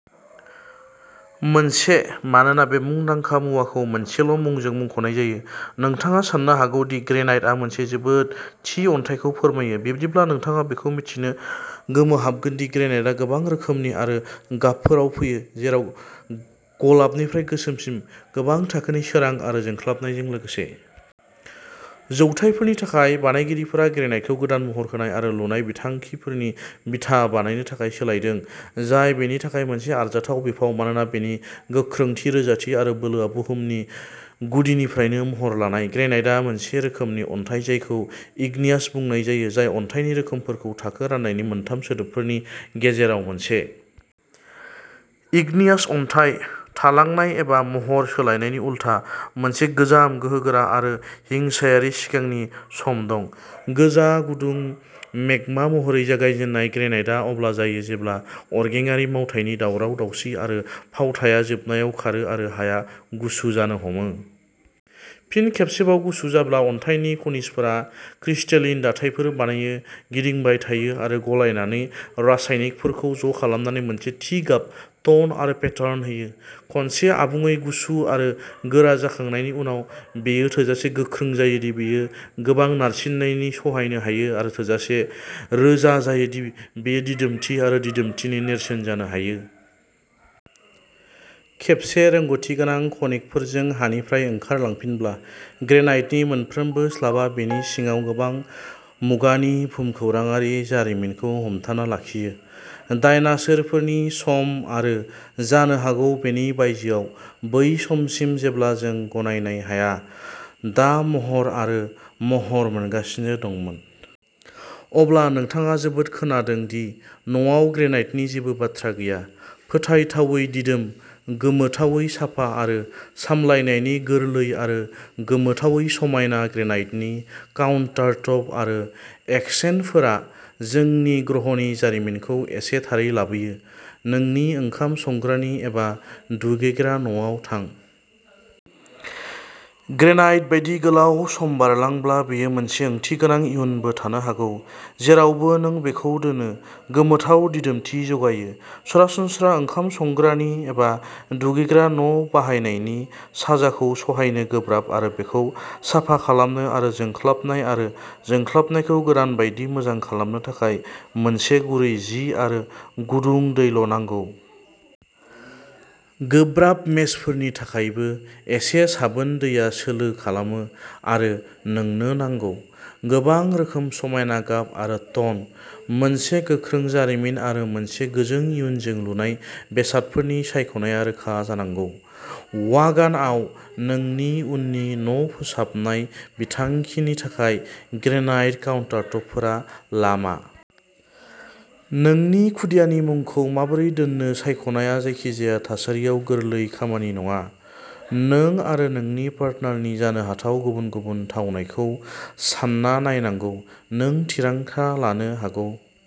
मोनसे मानोना बे मुंदांखा मुवाखौ मोनसेल' मुंजों मुंख'नाय जायो, नोंथाङा साननो हागौ दि "ग्रेनाइट" आ मोनसे जोबोद थि अन्थाइखौ फोरमायो। बिदिब्ला, नोंथाङा बेखौ मिथिनो गोमोहाबगोन दि ग्रेनाइटआ गोबां रोखोमनि आरो गाबफोराव फैयो, जेराव गलाबनिफ्राय गोसोमसिम, गोबां थाखोनि सोरां आरो जोंख्लाबनायजों लोगोसे। जौथायफोरनि थाखाय, बानायगिरिफोरा ग्रेनाइटखौ गोदान महर होनाय आरो लुनाय बिथांखिफोरनि बिथा बानायनो थाखाय सोलायदों, जाय बेनि थाखाय मोनसे आरजाथाव बिफाव, मानोना बेनि गोख्रोंथि, रोजाथि आरो बोलोआ बुहुमनि गुदिनिफ्रायनो महर लानाय। ग्रेनाइटआ मोनसे रोखोमनि अन्थाइ जायखौ इग्नियस बुंनाय जायो, जाय अन्थाइनि रोखोमफोरखौ थाखो रान्नायनि मोनथाम सोदोबफोरनि गेजेराव मोनसे। इग्नियस अन्थाइ, थालांनाय एबा महर सोलायनायनि उलथा, मोनसे गोजाम, गोहोगोरा आरो हिंसायारि सिगांनि सम दं। गोजा-गुदुं मेगमा महरै जागायजेन्नाय, ग्रेनाइटआ अब्ला जायो जेब्ला अरगेंआरि मावथायनि दावराव-दावसि आरो फावथाया जोबनायाव खारो आरो हाया गुसु जानो हमो। फिन खेबसेबाव गुसु जाब्ला, अन्थाइनि खनिजफोरा क्रिस्टेलिन दाथायफोर बानायो, गिदिंबाय थायो आरो गलायनानै रासायनिकफोरखौ ज' खालामनानै मोनसे थि गाब, टन आरो पेटार्न होयो। खनसे आबुङै गुसु आरो गोरा जाखांनायनि उनाव, बेयो थोजासे गोख्रों जायो दि बेयो गोबां नारसिननायनि सहायनो हायो आरो थोजासे रोजा जायो दि बेयो दिदोमथि आरो दिदोमथिनि नेरसोन जानो हायो। खेबसे रोंग'थि गोनां खनिकफोरजों हानिफ्राय ओंखार लांफिनब्ला, ग्रेनाइटनि मोनफ्रोमबो स्लाबआ बेनि सिङाव गोबां मुगानि भुमखौराङारि जारिमिनखौ हमथाना लाखियो, डायनासोरफोरनि सम आरो जानो हागौ बेनि बायजोआव, बै समसिम जेब्ला जों गनायनाय हाया दा महर आरो महर मोनगासिनो दंमोन। अब्ला, नोंथाङा जोबोद खोनादों दि न'आव ग्रेनाइटनि जेबो बाथ्रा गैया। फोथायथावै दिदोम, गोमोथावै साफा आरो सामलायनायनि गोरलै आरो गोमोथावै समायना, ग्रेनाइटनि काउन्टारटप आरो एक्सेन्टफोरा जोंनि ग्रहनि जारिमिनखौ एसे थारै लाबोयो। नोंनि ओंखाम संग्रानि एबा दुगैग्रा न'आव थां। ग्रेनाइट बायदि गोलाव सम बारलांब्ला, बेयो मोनसे ओंथिगोनां इयुनबो थानो हागौ, जेरावबो नों बेखौ दोनो, गोमोथाव दिदोमथि जगायो। सरासनस्रा ओंखाम संग्रानि एबा दुगैग्रा न' बाहायनायनि साजाखौ सहायनो गोब्राब, आरो बेखौ साफा खालामनो आरो जोंख्लाबनाय आरो जोंख्लाबनायखौ गोदान बायदि मोजां खालामनो थाखाय मोनसे गुरै जि आरो गुदुं दैल'नांगौ। गोब्राब मेसफोरनि थाखायबो, एसे साबोन दैआ सोलो खालामो आरो नोंनो नांगौ। गोबां रोखोम, समायना गाब आरो टन, मोनसे गोख्रों जारिमिन आरो मोनसे गोजों इयुनजों, लुनाय बेसादफोरनि सायख'नायआ रोखा जानांगौः व'गानआव नोंनि उननि न' फोसाबनाय बिथांखिनि थाखाय, ग्रेनाइट काउन्टारटपफोरा लामा। नोंनि खुदियानि मुंखौ माबोरै दोन्नो सायख'नाया जायखिजाया थासारियाव गोरलै खामानि नङा नों आरो नोंनि पार्टनारनि जानो हाथाव गुबुन गुबुन थावनायखौ सान्ना नायनांगौ, नों थिरांथा लानो हागौ।